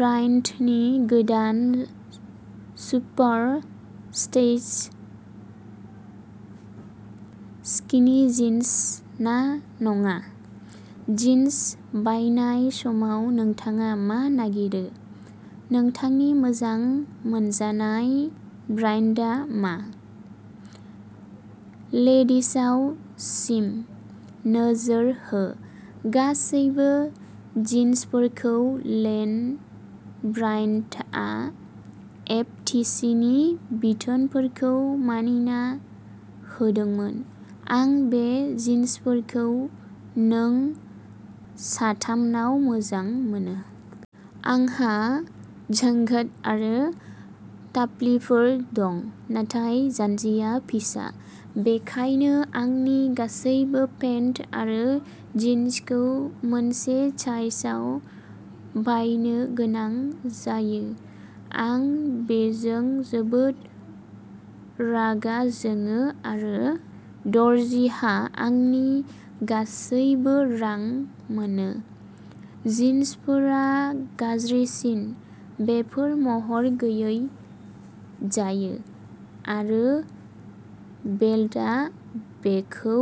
ब्रायन्टनि गोदान super stretch skinny jeans ना नङा? जिन्स बायनाय समाव नोंथाङा मा नागिरो? नोंथांनि मोजां मोनजानाय ब्रान्डआ मा? लेडिजआव चिम! नोजोर होः गासैबो जिन्सफोरखौ लेन ब्रायन्टआ एफटीसीनि बिथोनफोरखौ मानिना होदोंमोन। आं बे जिन्सफोरखौ नों साथामनाव मोजां मोनो! आंहा जांघ आरो थाफ्लिफोर दं नाथाय जान्जिया फिसा, बेनिखायनो आंनि गासैबो पेन्ट आरो जिन्सखौ मोनसे साइजआव बायनो गोनां जायो। आं बेजों जोबोद रागा जोङो आरो दर्जिहा आंनि गासैबो रां मोनो। जिन्सफोरा गाज्रिसिन, बेफोर महर गैयै जायो आरो बेल्टआ बेखौ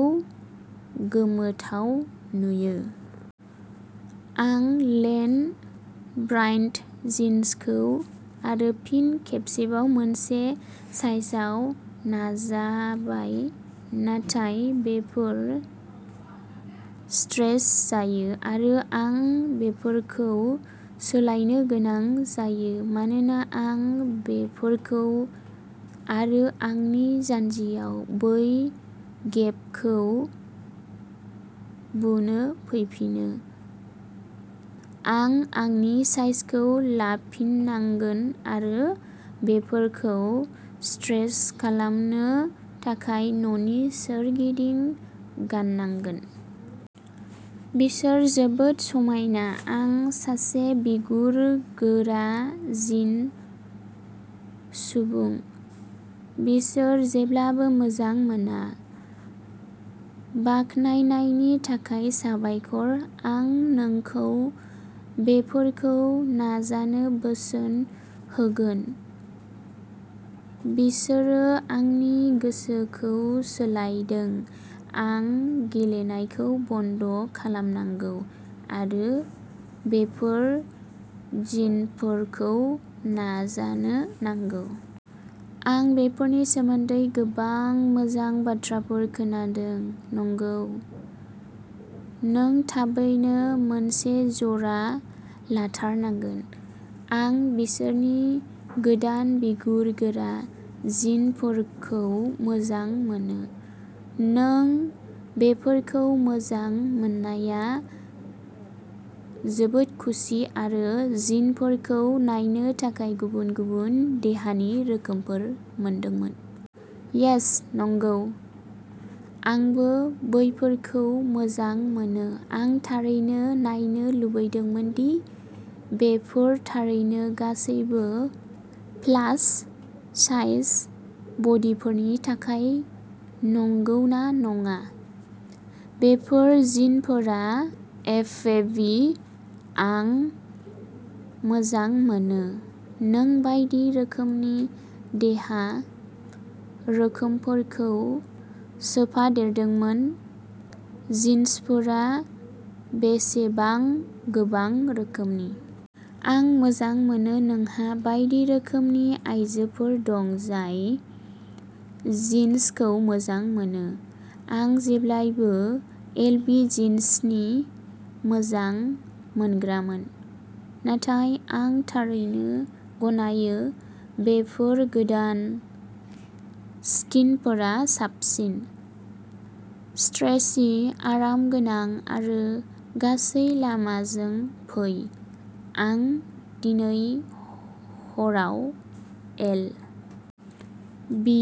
गोमोथाव नुयो। आं लेन ब्रायन्ट जिन्सखौ आरो फिन खेबसेबाव मोनसे साइजआव नाजाबाय नाथाय बेफोर स्ट्रेच जायो आरो आं बेफोरखौ सोलायनो गोनां जायो मानोना आं बेफोरखौ आरो आंनि जान्जियाव बै गेपखौ बुनो फैफिनो। आं आंनि साइजखौ लाफिननांगोन आरो बेफोरखौ स्ट्रेच खालामनो थाखाय न'नि सोरगिदिं गाननांगोन। बिसोर जोबोद समायना, आं सासे बिगुर-गोरा जिन सुबुं, बिसोर जेब्लाबो मोजां मोना। बाखनायनायनि थाखाय साबायखर! आं नोंखौ बेफोरखौ नाजानो बोसोन होगोन, बिसोरो आंनि गोसोखौ सोलायदों। आं गेलेनायखौ बन्द खालामनांगौ आरो बेफोर जिनफोरखौ नाजानो नांगौ! आं बेफोरनि सोमोन्दै गोबां मोजां बाथ्राफोर खोनादों! नंगौ!! नों थाबैनो मोनसे जरा लाथारनांगोन! आं बिसोरनि गोदान बिगुर-गोरा जिनफोरखौ मोजां मोनो। नों बेफोरखौ मोजां मोननायाव जोबोद खुसि आरो जिनफोरखौ नायनो थाखाय गुबुन-गुबुन देहानि रोखोमफोर मोनदोंमोन! यास्स! नंगौ, आंबो बेफोरखौ मोजां मोनो! आं थारैनो नायनो लुबैदोंमोन दि बेफोर थारैनो गासिबो प्लास साइज बडीफोरनि थाखाय नंगौ ना नङा। बेफोर जिनफोरा एफएबि!!! आं मोजां मोनो नों बायदि रोखोमनि देहा रोखोमफोरखौ सोफादेरदोंमोन जिन्सफोरा बेसेबां गोबां रोखोमनि। आं मोजां मोनो नोंहा बायदि रोखोमनि आयजोफोर दं जाय जिन्सखौ मोजां मोनो। आं जेब्लाबो एलबि जिन्सनि मोजां मोनग्रामोन, नाथाय आं थारैनो गनायो, बेफोर गोदान स्किनफोरा साबसिन। स्ट्रेचि, आरामगोनां, आरो गासै लामाजों फै। आं दिनै हराव एल. बि.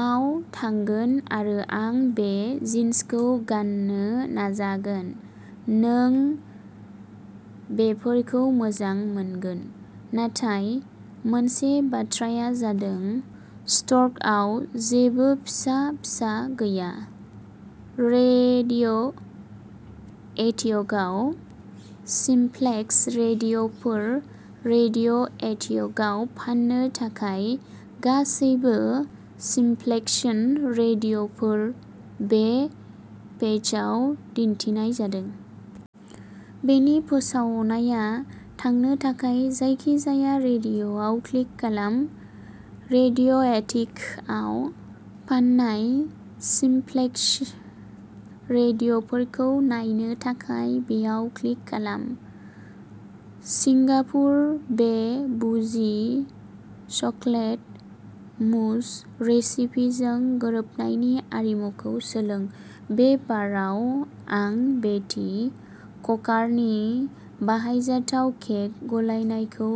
आव थांगोन आरो आं बे जिन्सखौ गाननो नाजागोन! नों बेफोरखौ मोजां मोनगोन! नाथाय मोनसे बाथ्राया जादों, स्ट'रआव जेबो फिसा फिसा गैया। रेडिय'एटिकआव सिम्प्लेक्स रेडिय'फोर! रेडिय'एटिकआव फान्नो थाखाय गासैबो सिम्प्लेक्स रेडिय'फोर बे पेजआव दिन्थिनाय जादों। बेनि फोसावनायाव थांनो थाखाय जायखिजाया रेडिय'आव क्लिक खालाम। रेडिय'एटिकआव फान्नाय सिम्प्लेक्स रेडिय'फोरखौ नायनो थाखाय बेयाव क्लिक खालाम। सिंगापुर -बे बुजि चकलेट मुस रेसिपिजों गोरोबनायनि आरिमुखौ सोलों। बे बोसोराव, आं बेट्टी क्रकारनि बाहायजाथाव केक गलायनायखौ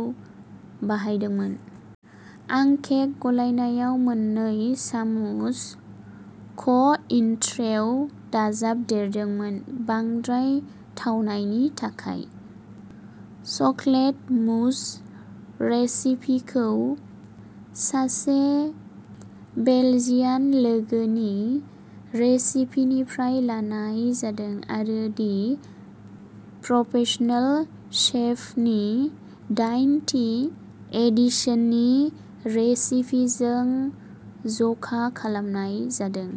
बाहायदोंमोन। आं केक गलायनायाव मोननै सामुस क'इनट्रेउ दाजाबदेरदोंमोन बांद्राय थावनायनि थाखाय। चकलेट मुस रेसिपिखौ सासे बेल्जियान लोगोनि रेसिपिनिफ्राय लानाय जादों आरो दि प्रफेसनेल शेफनि दाइनथि एडिशननि रेसिपिजों ज'खालामनाय जादों।